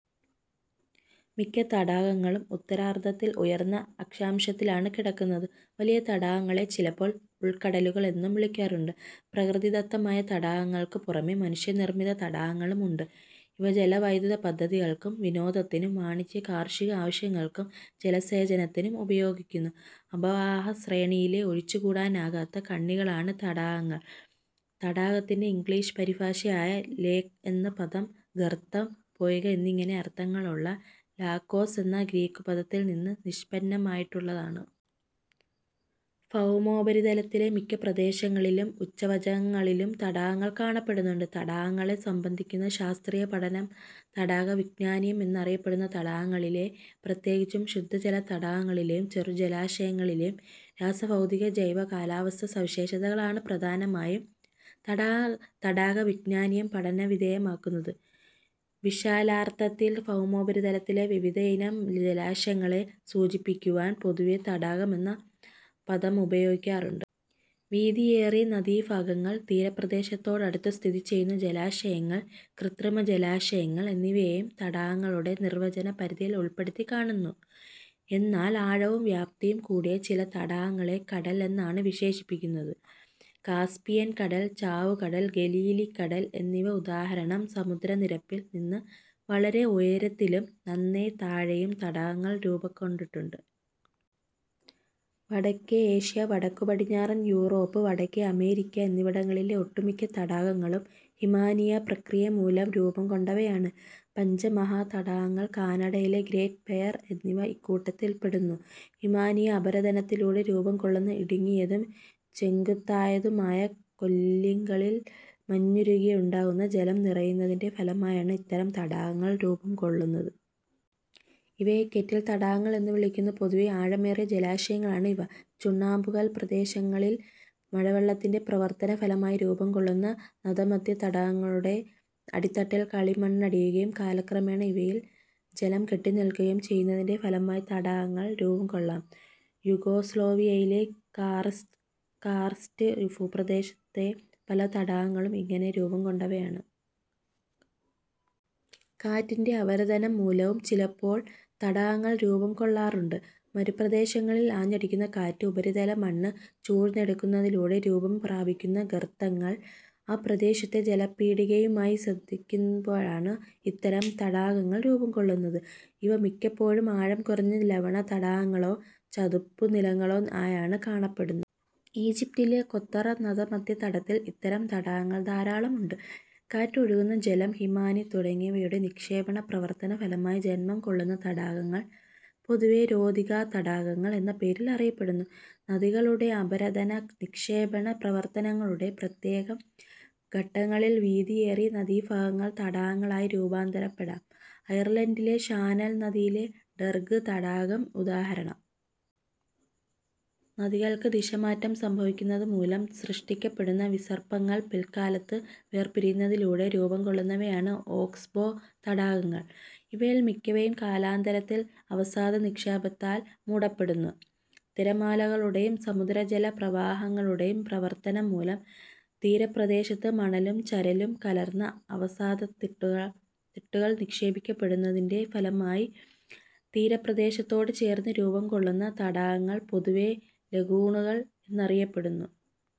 മിക്ക തടാകങ്ങളും ഉത്തരാർദ്ധത്തിൽ ഉയർന്ന അക്ഷാംശത്തിലാണ് കിടക്കുന്നത്. വലിയ തടാകങ്ങളെ ചിലപ്പോൾ ഉൾക്കടലുകൾ എന്നും വിളിക്കാറുണ്ട്. പ്രകൃതിദത്തമായ തടാകങ്ങൾക്കു പുറമേ മനുഷ്യനിർമ്മിത തടാകങ്ങളും ഉണ്ട്. ഇവ ജലവൈദ്യുതപദ്ധതികൾക്കും വിനോദത്തിനും വാണിജ്യ, കാർഷിക ആവശ്യങ്ങൾക്കും ജലസേചനത്തിനും ഉപയോഗിക്കുന്നു. അപവാഹ ശ്രേണിയിലെ ഒഴിച്ചുകൂടാനാകാത്ത കണ്ണികളാണ് തടാകങ്ങൾ. തടാകത്തിന്റെ ഇംഗ്ലീഷ് പരിഭാഷയായ ലേക്എന്ന പദം ഗർത്തം, പൊയ്കഎന്നിങ്ങനെ അർഥങ്ങളുള്ള ലാകോസ് എന്ന ഗ്രീക്കുപദത്തിൽ നിന്ന് നിഷ്പന്നമായിട്ടുള്ളതാണ്. ഭൌമോപരിതലത്തിലെ മിക്ക പ്രദേശങ്ങളിലും ഉച്ചാ വചങ്ങളിലും തടാകങ്ങൾ കാണപ്പെടുന്നുണ്ട്. തടാകങ്ങളെ സംബന്ധിക്കുന്ന ശാസ്ത്രീയ പഠനം തടാക വിജ്ഞാനീയം എന്നറിയപ്പെടുന്നു. തടാകങ്ങളിലെ, പ്രത്യേകിച്ചും ശുദ്ധജലതടാകങ്ങളിലേയും ചെറു ജലാശയങ്ങളി ലേയും രാസ-ഭൗതിക-ജൈവ-കാലാവസ്ഥാ സവിശേഷതകളാണ് പ്രധാനമായും തടാകവിജ്ഞാനീയം പഠനവിധേയമാക്കുന്നത്. വിശാലാർഥത്തിൽ ഭൗമോപരിതലത്തിലെ വിവിധയിനം ജലാശയങ്ങളെ സൂചിപ്പിക്കുവാൻ പൊതുവേ തടാകം എന്ന പദമുപയോഗിക്കാറുണ്ട്. വീതിയേറിയ നദീഭാഗങ്ങൾ, തീരപ്രദേശത്തോടടുത്തു സ്ഥിതിചെയ്യുന്ന ജലാശയങ്ങൾ, കൃത്രിമ ജലാശയങ്ങൾ എന്നിവയെയും തടാകങ്ങളുടെ നിർവചന പരിധിയിൽ ഉൾപ്പെടുത്തി കാണുന്നു. എന്നാൽ ആഴവും വ്യാപ്തിയും കൂടിയ ചില തടാകങ്ങളെ കടൽ എന്നാണ് വിശേഷിപ്പിക്കുന്നത്. കാസ്പിയൻ കടൽ, ചാവുകടൽ, ഗലീലി കടൽ എന്നിവ ഉദാഹരണം. സമുദ്ര നിരപ്പിൽ നിന്ന് വളരെ ഉയരത്തിലും നന്നേ താഴെയും തടാകങ്ങൾ രൂപംകൊണ്ടിട്ടുണ്ട്. വടക്കേ ഏഷ്യ, വടക്കു പടിഞ്ഞാറൻ യൂറോപ്പ്, വടക്കേ അമേരിക്ക എന്നിവിടങ്ങളിലെ ഒട്ടുമിക്ക തടാകങ്ങളും ഹിമാനീയ പ്രക്രിയമൂലം രൂപംകൊണ്ടവയാണ്. പഞ്ച മഹാതടാകങ്ങൾ, കാനഡയിലെ ഗ്രേറ്റ് ബെയർ എന്നിവ ഇക്കൂട്ടത്തിൽപ്പെടുന്നു. ഹിമാനീയ അപരദനത്തിലൂടെ രൂപംകൊള്ളുന്ന ഇടുങ്ങിയതും ചെങ്കുത്തായതുമായ കൊല്ലികളിൽ മഞ്ഞുരുകിയുണ്ടാകുന്ന ജലം നിറയുന്നതിന്റെ ഫലമായാണ് ഇത്തരം തടാകങ്ങൾ രൂപംകൊള്ളുന്നത്. ഇവയെ കെറ്റിൽ തടാകങ്ങൾ എന്നു വിളിക്കുന്നു. പൊതുവേ ആഴമേറിയ ജലാശയങ്ങളാണ് ഇവ. ചുണ്ണാമ്പുകൽ പ്രദേശങ്ങളിൽ മഴവെള്ളത്തിന്റെ പ്രവർത്തന ഫലമായി രൂപംകൊള്ളുന്ന നതമധ്യതടങ്ങളുടെ അടിത്തട്ടിൽ കളിമണ്ണടിയുകയും കാലക്രമേണ ഇവയിൽ ജലം കെട്ടിനില്ക്കുകയും ചെയ്യുന്നതിന്റെ ഫലമായി തടാകങ്ങൾ രൂപംകൊള്ളാം. യുഗോസ്ലോവിയയിലെ കാർസ്റ്റ് ഭൂപ്രദേശത്തെ പല തടാകങ്ങളും ഇങ്ങനെ രൂപം കൊണ്ടവയാണ്. കാറ്റിന്റെ അപരദനം മൂലവും ചിലപ്പോൾ തടാകങ്ങൾ രൂപം കൊള്ളാറുണ്ട്. മരുപ്രദേശങ്ങളിൽ ആഞ്ഞടിക്കുന്ന കാറ്റ് ഉപരിതല മണ്ണ് ചൂഴ്ന്നെടുക്കുന്നതിലൂടെ രൂപം പ്രാപിക്കുന്ന ഗർത്തങ്ങൾ ആ പ്രദേശത്തെ ജലപീഠികയുമായി സന്ധിക്കുമ്പോഴാണ് ഇത്തരം തടാകങ്ങൾ രൂപംകൊള്ളുന്നത്. ഇവ മിക്കപ്പോഴും ആഴം കുറഞ്ഞ ലവണ തടാകങ്ങളോ ചതുപ്പു നിലങ്ങളോ ആയാണ് കാണപ്പെടുന്നത്. ഈജിപ്തിലെ ഖ്വത്തറ നതമധ്യതടത്തിൽ ഇത്തരം തടാകങ്ങൾ ധാരാളമുണ്ട്. കാറ്റ്, ഒഴുകുന്ന ജലം, ഹിമാനി തുടങ്ങിയവയുടെ നിക്ഷേപണ പ്രവർത്തന ഫലമായി ജന്മം കൊള്ളുന്ന തടാകങ്ങൾ പൊതുവേ രോധികാ തടാകങ്ങൾ എന്ന പേരിൽ അറിയപ്പെടുന്നു. നദികളുടെ അപരദന-നിക്ഷേപണ പ്രവർത്തനങ്ങളുടെ പ്രത്യേക ഘട്ടങ്ങളിൽ വീതിയേറിയ നദീഭാഗങ്ങൾ തടാകങ്ങളായി രൂപാന്തരപ്പെടാം; അയർലണ്ടിലെ ഷാനൽ നദിയിലെ ഡെർഗ് തടാകം ഉദാഹരണം. നദികൾക്ക് ദിശമാറ്റം സംഭവിക്കുന്നതുമൂലം സൃഷ്ടിക്കപ്പെടുന്ന വിസർപ്പങ്ങൾ പിൽക്കാലത്ത് വേർ പിരിയുന്നതിലൂടെ രൂപംകൊള്ളുന്നവയാണ് ഓക്സ്ബോ തടാകങ്ങൾ. ഇവയിൽ മിക്കവയും കാലാന്തരത്തിൽ അവസാദ നിക്ഷേപത്താൽ മൂടപ്പെടുന്നു. തിരമാലകളുടേയും സമുദ്ര ജലപ്രവാഹങ്ങളുടേയും പ്രവർത്തനംമൂലം തീരപ്രദേശത്ത് മണലും ചരലും കലർന്ന അവസാദത്തിട്ടുകൾ നിക്ഷേപിക്കപ്പെടു ന്നതിന്റെ ഫലമായി തീരപ്രദേശത്തോടു ചേർന്ന് രൂപംകൊള്ളുന്ന തടാകങ്ങൾ പൊതുവേ ലഗൂണുകൾ എന്നറിയപ്പെടുന്നു.